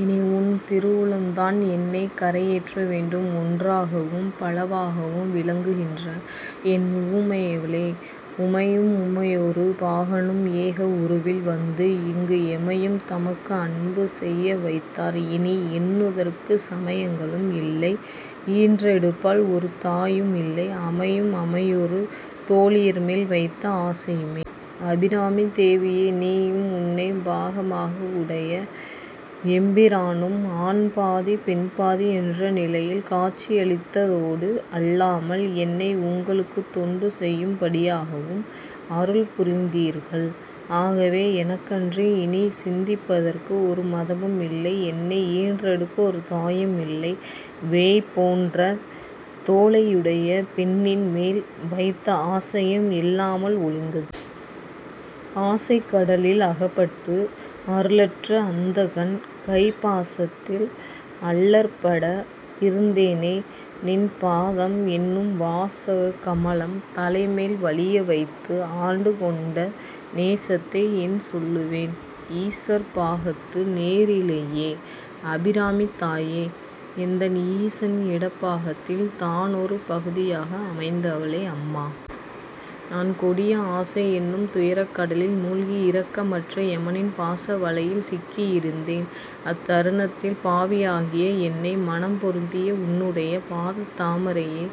இனி உன் திருவுளம்தான் என்னைக் கரை ஏற்ற வேண்டும். ஒன்றாகவும், பலவாகவும், விளங்குகின்ற என் உமையவளே!: உமையும் உமையொருபாகனும், ஏக உருவில் வந்து இங்கு எமையும் தமக்கு அன்பு செய்யவைத்தார், இனி எண்ணுதற்குச் சமையங்களும் இல்லை, ஈன்றெடுப்பாள் ஒரு தாயும் இல்லை, அமையும் அமையுறு தோளியர்மேல் வைத்த ஆசையுமே. அபிராமித் தேவியே! நீயும், உன்னைப் பாகமாகவுடைய எம்பிரானும், ஆண்பாதி, பெண்பாதி என்ற நிலையில் காட்சியளித்ததோடு அல்லாமல், என்னை உங்களுக்குத் தொண்டு செய்யும்படியாகவும் அருள்புரிந்தீர்கள். ஆகவே எனக்கன்றி இனிச் சிந்திப்பதற்கு ஒரு மதமும் இல்லை. என்னை ஈன்றெடுக்க ஒரு தாயும் இல்லை. வேய் போன்ற தோளையுடைய பெண்ணின் மேல் வைத்த ஆசையும் இல்லாமல் ஒழிந்தது.: ஆசைக் கடலில் அகப்பட்டு, அருளற்ற அந்தகன் கைப் பாசத்தில் அல்லற்பட இருந்தேனை, நின் பாதம் என்னும் வாசக் கமலம் தலைமேல் வலிய வைத்து, ஆண்டு கொண்ட நேசத்தை என் சொல்லுவேன்? ஈசர் பாகத்து நேரிழையே. அபிராமித்தாயே! எந்தன் ஈசன் இடப்பாகத்தில் தானொரு பகுதியாக அமைந்தவளே! அம்மா! நான் கொடிய ஆசையென்னும் துயரக் கடலில் மூழ்கி இரக்கமற்ற எமனின் பாச வலையில் சிக்கியிருந்தேன். அத் தருணத்தில் பாவியாகிய என்னை மணம் பொருந்திய உன்னுடைய பாதத் தாமரையே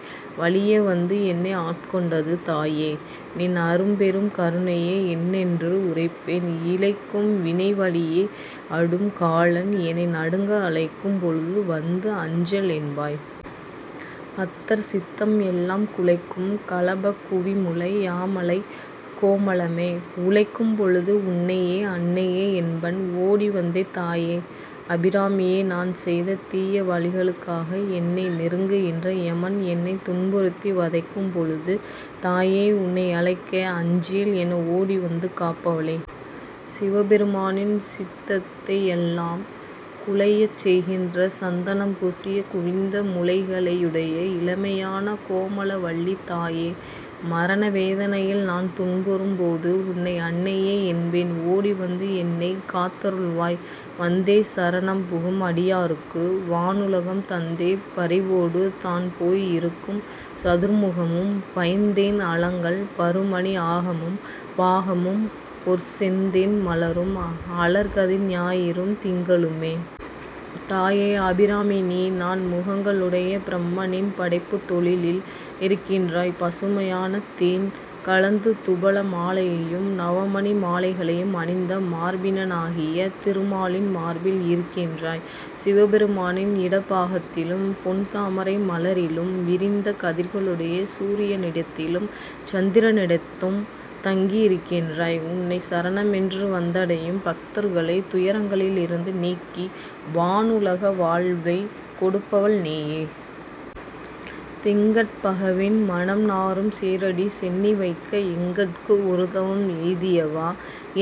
வலிய வந்து என்னை ஆட்கொண்டது! தாயே! நின் அரும்பெரும் கருணையை என்னென்று உரைப்பேன்!: இழைக்கும் வினைவழியே அடும் காலன், எனை நடுங்க அழைக்கும் பொழுது வந்து, அஞ்சல் என்பாய். அத்தர் சித்தம் எல்லாம் குழைக்கும் களபக் குவிமுலை யாமளைக் கோமளமே. உழைக்கும் பொழுது, உன்னையே அன்னையே என்பன் ஓடிவந்தே தாயே! அபிராமியே! நான் செய்த தீய வழிகளுக்காக என்னை நெருங்குகின்ற எமன் என்னைத் துன்புறுத்தி, வதைக்கும் பொழுது, தாயே உன்னை அழைக்க, அஞ்சேல் என ஓடிவந்து காப்பவளே! சிவ பெருமானின் சித்தத்தையெல்லாம் குழையச் செய்கின்ற சந்தனம் பூசிய குவிந்த முலைகளையுடைய இளமையான கோமளவல்லித் தாயே! மரண வேதனையில் நான் துன்புறும் போது உன்னை, 'அன்னையே' என்பேன். ஓடிவந்து என்னைக் காத்தருள்வாய்!: வந்தே சரணம் புகும் அடியாருக்கு, வானுலகம் தந்தே பரிவொடு தான் போய் இருக்கும்--சதுர்முகமும், பைந் தேன் அலங்கல் பரு மணி ஆகமும், பாகமும், பொற் செந் தேன் மலரும், அலர் கதிர் ஞாயிறும், திங்களுமே. தாயே! அபிராமி, நீ நான்முகங்களையுடைய பிரம்மனின் படைப்புத் தொழிலில் இருக்கின்றாய்! பசுமையான தேன் கலந்த துபள மாலையையும், நவமணி மாலைகளையும் அணிந்த மார்பினனாகிய திருமாலின் மார்பில் இருக்கின்றாய்! சிவபெருமானின் இடப்பாகத்திலும், பொன் தாமரை மலரிலும், விரிந்த கதிர்களுடைய சூரியனிடத்திலும், சந்திரனிடத்தும் தங்கியிருக்கின்றாய். உன்னைச் சரணமென்று வந்தடையும் பக்தர்களைத் துயரங்களிலிருந்து நீக்கி, வானுலக வாழ்வைக் கொடுப்பவள் நீயே.: திங்கட் பகவின் மணம் நாறும் சீறடி சென்னி வைக்க எங்கட்கு ஒரு தவம் எய்தியவா,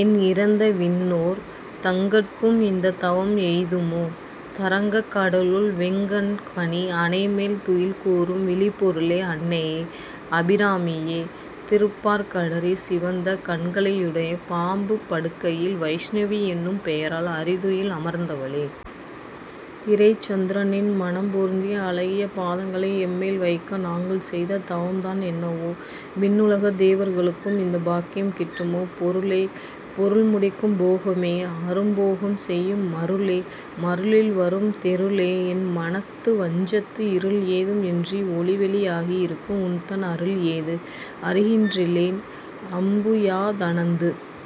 எண் இறந்த விண்ணோர்-- தங்கட்கும் இந்தத் தவம் எய்துமோ? தரங்கக் கடலுள் வெங் கண் பணி அணைமேல் துயில்கூரும் விழுப்பொருளே. அன்னையே! அபிராமியே! திருப்பாற்கடலிற் சிவந்த கண்களையுடை பாம்புப் படுக்கையில் வைஷ்ணவி என்னும் பெயரால் அறிதுயில் அமர்ந்தவளே! பிறைச் சந்திரனின் மணம் பொருந்திய அழகிய பாதங்களை எம்மேல் வைக்க நாங்கள் செய்த தவம்தான் என்னவோ! விண்ணுலகத் தேவர்களுக்கும் இந்தப் பாக்கியம் கிட்டுமோ!: பொருளே, பொருள் முடிக்கும் போகமே, அரும் போகம் செய்யும் மருளே, மருளில் வரும் தெருளே, என் மனத்து வஞ்சத்து இருள் ஏதும் இன்றி ஒளி வெளி ஆகி இருக்கும் உன்தன் அருள் ஏது. அறிகின்றிலேன், அம்புயாதனத்து